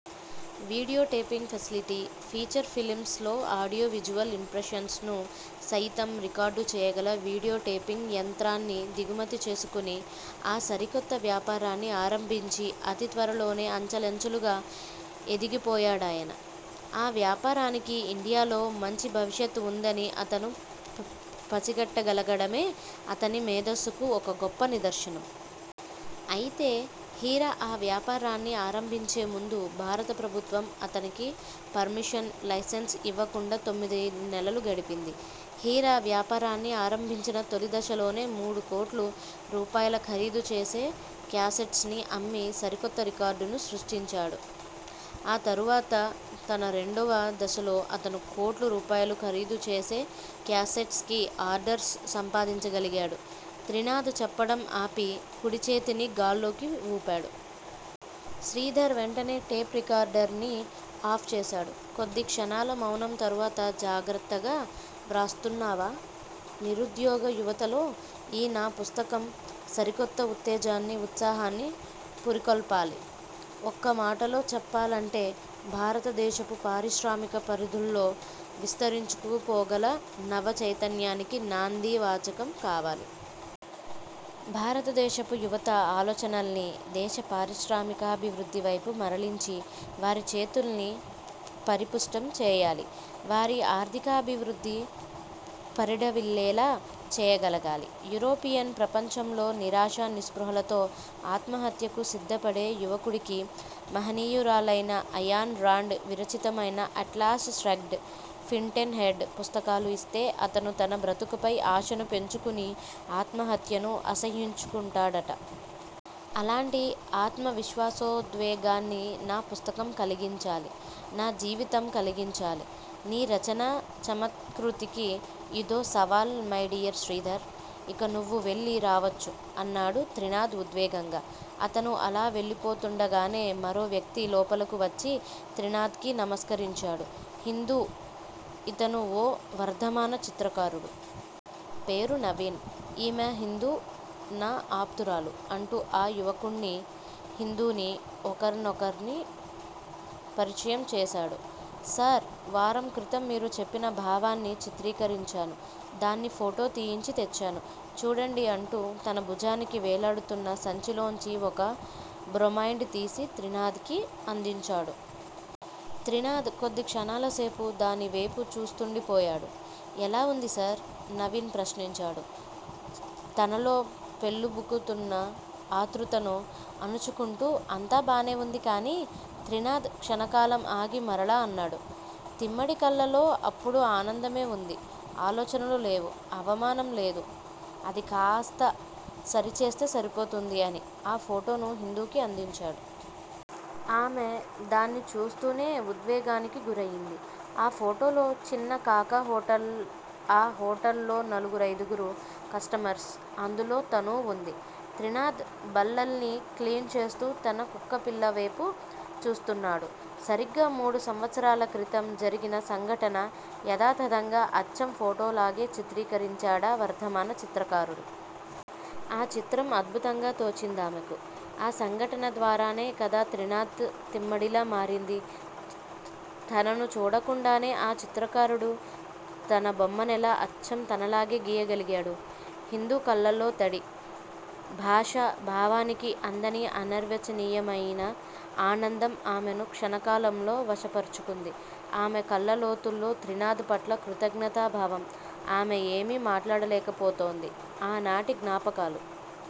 Video taping facility- feature films లో audio visual impressions ను సయితం రికార్డు చేయగల వీడియో టేపింగ్ యంత్రాన్ని దిగుమతి చేసుకుని ఆ సరికొత్త వ్యాపారాన్ని ఆరంభించి అతి త్వరలోనే అంచలంచెలుగా ఎదిగిపోయాడాయన. ఆ వ్యాపారానికి ఇండియాలో మంచి భవిష్యత్ వుందని అతను పసిగట్టగలగడమే అతని మేధస్సుకు ఒక గొప్ప నిదర్శనం. అయితే హీరా ఆ వ్యాపారాన్ని ఆరంభించేముందు భారత ప్రభుత్వం అతనికి పర్మిషన్, లైసెన్స్ ఇవ్వకుండా తొమ్మిది నెలలు గడిపింది. హీరా వ్యాపారాన్ని ఆరంభించిన తొలి దశలోనే మూడుకోట్లు రూపాయల ఖరీదుచేసే క్యాసెట్స్ ని అమ్మి సరికొత్త రికార్డును సృష్టించాడు. ఆ తరువాత తన రెండవ దశలో అతను కోట్లు రూపాయలు ఖరీదు చేసే క్యాసెట్స్ కి ఆర్డర్స్ సంపాదించగలిగాడు త్రినాధ్ చెప్పడం ఆపి, కుడిచేతిని గాల్లోకి వూపాడు. శ్రీధర్ వెంటనే టేప్ రికార్డర్ ని ఆఫ్ చేశాడు. కొద్దిక్షణాల మౌనం తరువాత జాగ్రత్తగా వ్రాస్తున్నావా? నిరుద్యోగ యువతలో ఈ నా పుస్తకం సరికొత్త ఉత్తేజాన్ని, ఉత్సాహాన్ని పురికొల్పాలి. ఒక్క మాటలో చెప్పాలంటే- భారతదేశపు పారిశ్రామిక పరిధుల్లో విస్తరించుకుపోగల నవ చైతన్యానికి నాందీ వాచకం కావాలి. భారతదేశపు యువత ఆలోచనల్ని దేశ పారిశ్రామికాభివృద్ది వైపు మరలించి, వారిచేతుల్ని పరిపుష్టం చేయాలి. వారి ఆర్ధికాభివృద్ధి పరిఢవిల్లేలా చేయగలగాలి. యూరోపియన్ ప్రపంచంలో నిరాశా, నిస్పృహలతో ఆత్మహత్యకు సిద్ధపడే యువకుడికి మహనీయురాలైన అయాన్ రాండ్ విరచితమైన 'అట్లాస్ ష్రగ్డ్', 'ఫింటెన్ హెడ్' పుస్తకాలు ఇస్తే అతను తన బ్రతుకుపై ఆశను పెంచుకుని ఆత్మహత్యను అసహ్యించుకుంటాడట. అలాంటి ఆత్మవిశ్వాసోద్వేగాన్ని నా పుస్తకం కలిగించాలి- నా జీవితం కలిగించాలి. నీ రచనా చమత్కృతికి ఇదో సవాల్ మైడియర్ శ్రీధర్. ఇక నువ్వు వెళ్ళి రావచ్చు అన్నాడు త్రినాధ్ ఉద్వేగంగా. అతను అలా వెళ్ళిపోతుండగానే మరో వ్యక్తి లోపలకు వచ్చి త్రినాధ్ కి నమస్కరించాడు. హిందూ ఇతను ఓ వర్ధమాన చిత్రకారుడు. పేరు నవీన్. ఈమె హిందూ, నా ఆప్తురాలు అంటూ ఆ యువకుడ్ని, హిందూని ఒకరికొకర్ని పరిచయం చేసాడు. సార్! వారం క్రితం మీరు చెప్పిన భావాన్ని చిత్రీకరించాను. దాన్ని ఫోటో తీయించి తెచ్చాను. చూడండి అంటూ తన భుజానికి వేలాడుతున్న సంచిలోంచి ఒక బ్రొమైండ్ తీసి త్రినాధ్ కి అందించాడు. త్రినాధ్ కొద్దిక్షణాలసేపు దానివేపు చూస్తుండిపోయాడు. ఎలా వుంది సార్? నవీన్ ప్రశ్నించాడు. తనలో పెల్లుబుకుతున్న ఆతృతను అణుచుకుంటూ- అంతా బానే వుంది కాని త్రినాధ్ క్షణకాలం ఆగి మరలా అన్నాడు తిమ్మడి కళ్ళలో అప్పుడు ఆనందమే వుంది. ఆలోచనలు లేవు, అవమానం లేదు. అదికాస్తా సరిచేస్తే సరిపోతుంది అని, ఆ ఫోటోను హిందూకి అందించాడు. ఆమె దాన్ని చూస్తూనే ఉద్వేగానికి గురయింది. ఆ ఫోటోలో చిన్న కాకా హోటల్ ఆ హోటల్ లో నలుగురైదుగురు కస్టమర్స్, అందులో తనూ వుంది. త్రినాధ్ బల్లల్ని క్లీన్ చేస్తూ తన కుక్కపిల్లవేపు చూస్తున్నాడు. సరిగ్గా మూడు సంవత్సరాల క్రితం జరిగిన సంఘటన యథాతథంగా అచ్చం ఫోటోలాగే చిత్రీకరించాడా వర్ధమాన చిత్రకారుడు. ఆ చిత్రం అద్భుతంగా తోచిందామెకు. ఆ సంఘటన ద్వారానే కదా త్రినాధ్ తిమ్మడిలా మారింది! తనను చూడకుండానే ఆ చిత్రకారుడు తన బొమ్మనెలా అచ్చం తనలాగే గీయగలిగాడు! హిందూ కళ్ళలో తడి. భాష, భావానికి అందని అనర్వచనీయమైన ఆనందం ఆమెను క్షణకాలంలో వశపర్చుకుంది. ఆమె కళ్ళ లోతుల్లో త్రినాధ్ పట్ల కృతజ్ఞతా భావం. ఆమె ఏమీ మాట్లాడలేకపోతోంది. ఆనాటి జ్ఞాపకాలు